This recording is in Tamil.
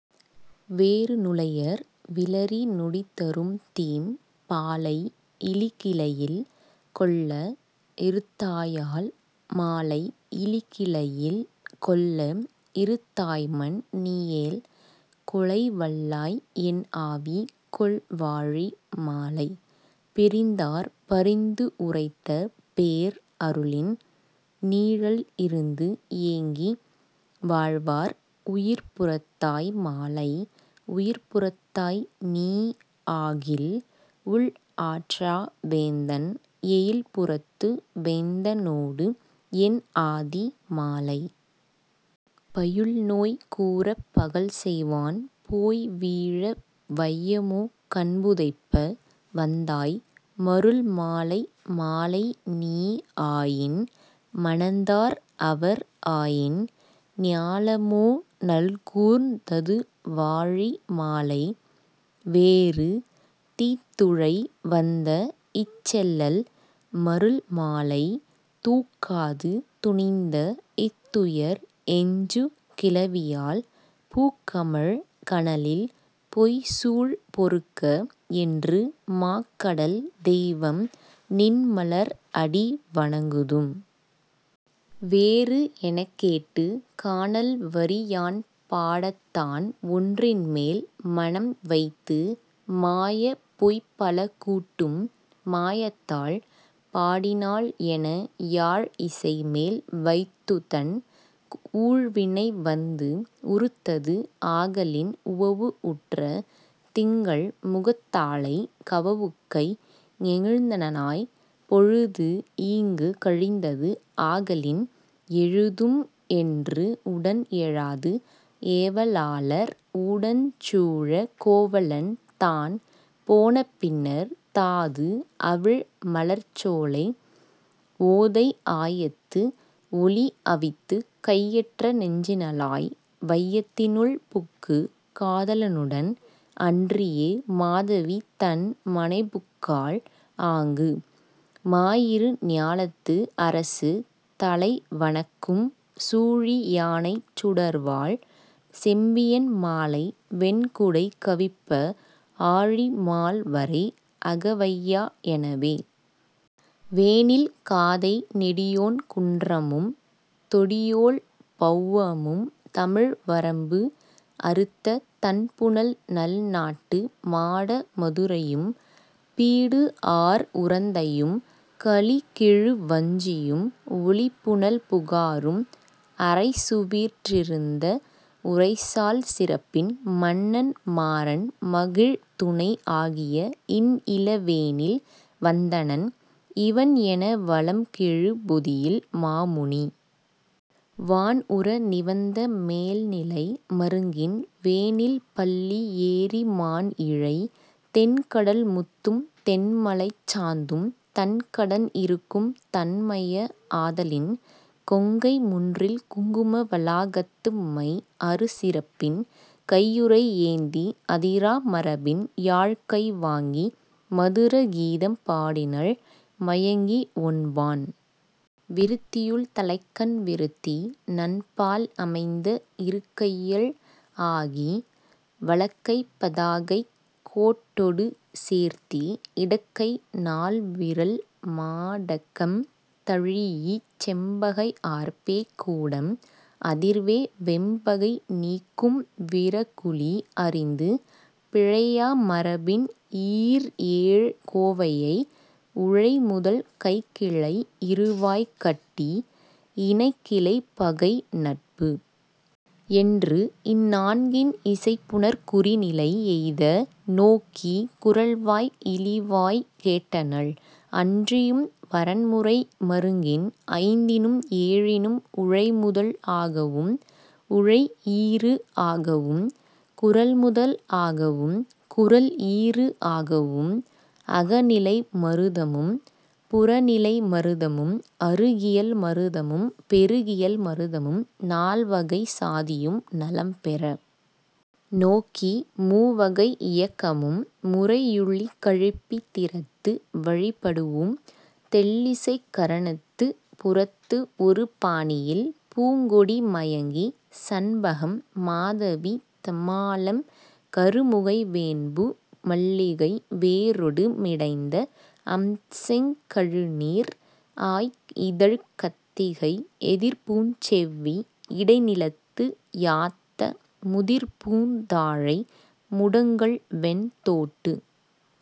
வேறு நுளையர் விளரி நொடிதரும்தீம் பாலை இளிகிளையில் கொள்ள இறுத்தாயால் மாலை இளிகிளையில் கொள்ள இறுத்தாய்மன் நீயேல் கொளைவல்லாய் என்ஆவி கொள்வாழி மாலை. பிரிந்தார் பரிந்துஉரைத்த பேர்அருளின் நீழல் இருந்துஏங்கி வாழ்வார் உயிர்ப்புறத்தாய் மாலை உயிர்ப்புறத்தாய் நீஆகில் உள்ஆற்றா வேந்தன் எயில்புறத்து வேந்தனோடு என்ஆதி மாலை. பையுள்நோய் கூரப் பகல்செய்வான் போய்வீழ வையமோ கண்புதைப்ப வந்தாய் மருள்மாலை மாலைநீ ஆயின் மணந்தார் அவர்ஆயின் ஞாலமோ நல்கூர்ந் ததுவாழி மாலை. வேறு தீத்துழை வந்தஇச் செல்லல் மருள்மாலை தூக்காது துணிந்தஇத் துயர்எஞ்சு கிளவியால் பூக்கமழ் கனலில் பொய்ச்சூள் பொறுக்க என்று மாக்கடல் தெய்வம்நின் மலர்அடி வணங்குதும். வேறு எனக்கேட்டு, கானல்வரி யான்பாடத் தான்ஒன்றின்மேல் மனம்வைத்து மாயப்பொய் பலகூட்டும் மாயத்தாள் பாடினாள்என யாழ்இசைமேல் வைத்துத்தன் ஊழ்வினைவந்து உருத்ததுஆகலின் உவவுஉற்ற திங்கள்முகத்தாளைக் கவவுக்கை ஞெகிழ்ந்தனனாய்ப் பொழுதுஈங்குக் கழிந்ததுஆகலின் எழுதும்என்று உடன்எழாது ஏவலாளர் உடஞ்சூழக் கோவலன்தான் போனபின்னர், தாதுஅவிழ் மலர்ச்சோலை ஓதைஆயத்து ஒலிஅவித்துக் கையற்ற நெஞ்சினளாய் வையத்தி னுள்புக்குக் காதலனுடன் அன்றியே மாதவிதன் மனைபுக்காள் ஆங்கு, மாயிரு ஞாலத்து அரசு தலைவணக்கும் சூழி யானைச் சுடர்வாள் செம்பியன் மாலை வெண்குடை கவிப்ப ஆழி மால்வரை அகவையா எனவே.. வேனில் காதை நெடியோன் குன்றமும் தொடியோள் பெளவமும் தமிழ்வரம்பு அறுத்த தண்புனல் நல்நாட்டு மாட மதுரையும் பீடுஆர் உறந்தையும் கலிகெழு வஞ்சியும் ஒலிபுனல் புகாரும் அரைசுவீற் றிருந்த உரைசால் சிறப்பின் மன்னன் மாரன் மகிழ்துணை ஆகிய இன்இள வேனில் வந்தனன் இவண்என வளம்கெழு பொதியில் மாமுனி வான்உற நிவந்த மேல்நிலை மருங்கின் வேனில் பள்ளி ஏறி மாண்இழை தென்கடல் முத்தும் தென்மலைச் சாந்தும் தன்கடன் இறுக்கும் தன்மைய ஆதலின் கொங்கை முன்றில் குங்கும வளாகத்து மைஅறு சிறப்பின் கையுறை ஏந்தி அதிரா மரபின் யாழ்கை வாங்கி மதுர கீதம் பாடினள் மயங்கி, ஒன்பான் விருத்தியுள் தலைக்கண் விருத்தி நன்பால் அமைந்த இருக்கையள் ஆகி, வலக்கைப் பதாகை கோட்டொடு சேர்த்தி இடக்கை நால்விரல் மாடகம் தழீஇச் செம்பகை ஆர்ப்பே கூடம் அதிர்வே வெம்பகை நீக்கும் விரகுளி அறிந்து, பிழையா மரபின் ஈர்ஏழ் கோவையை உழைமுதல் கைக்கிளை இறுவாய் கட்டி, இணைகிளை பகைநட்பு என்றுஇந் நான்கின் இசைபுணர் குறிநிலை எய்த நோக்கிக் குரல்வாய் இளிவாய்க் கேட்டனள் அன்றியும் வரன்முறை மருங்கின் ஐந்தினும் ஏழினும் உழைமுதல் ஆகவும் உழைஈறு ஆகவும் குரல்முதல் ஆகவும் குரல்ஈறு ஆகவும் அகநிலை மருதமும் புறநிலை மருதமும் அருகியல் மருதமும் பெருகியல் மருதமும் நால்வகைச் சாதியும் நலம்பெற நோக்கி, மூவகை இயக்கமும் முறையுளிக் கழிப்பித் திறத்து வழிப்படூஉம் தெள்ளிசைக் கரணத்துப் புறத்துஒரு பாணியில் பூங்கொடி மயங்கி, சண்பகம் மாதவி தமாலம் கருமுகை வெண்பூ மல்லிகை வேரொடு மிடைந்த அம்செங் கழுநீர் ஆய்இதழ்க் கத்திகை எதிர்ப்பூஞ் செவ்வி இடைநிலத்து யாத்த முதிர்பூந் தாழை முடங்கல்வெண் தோட்டு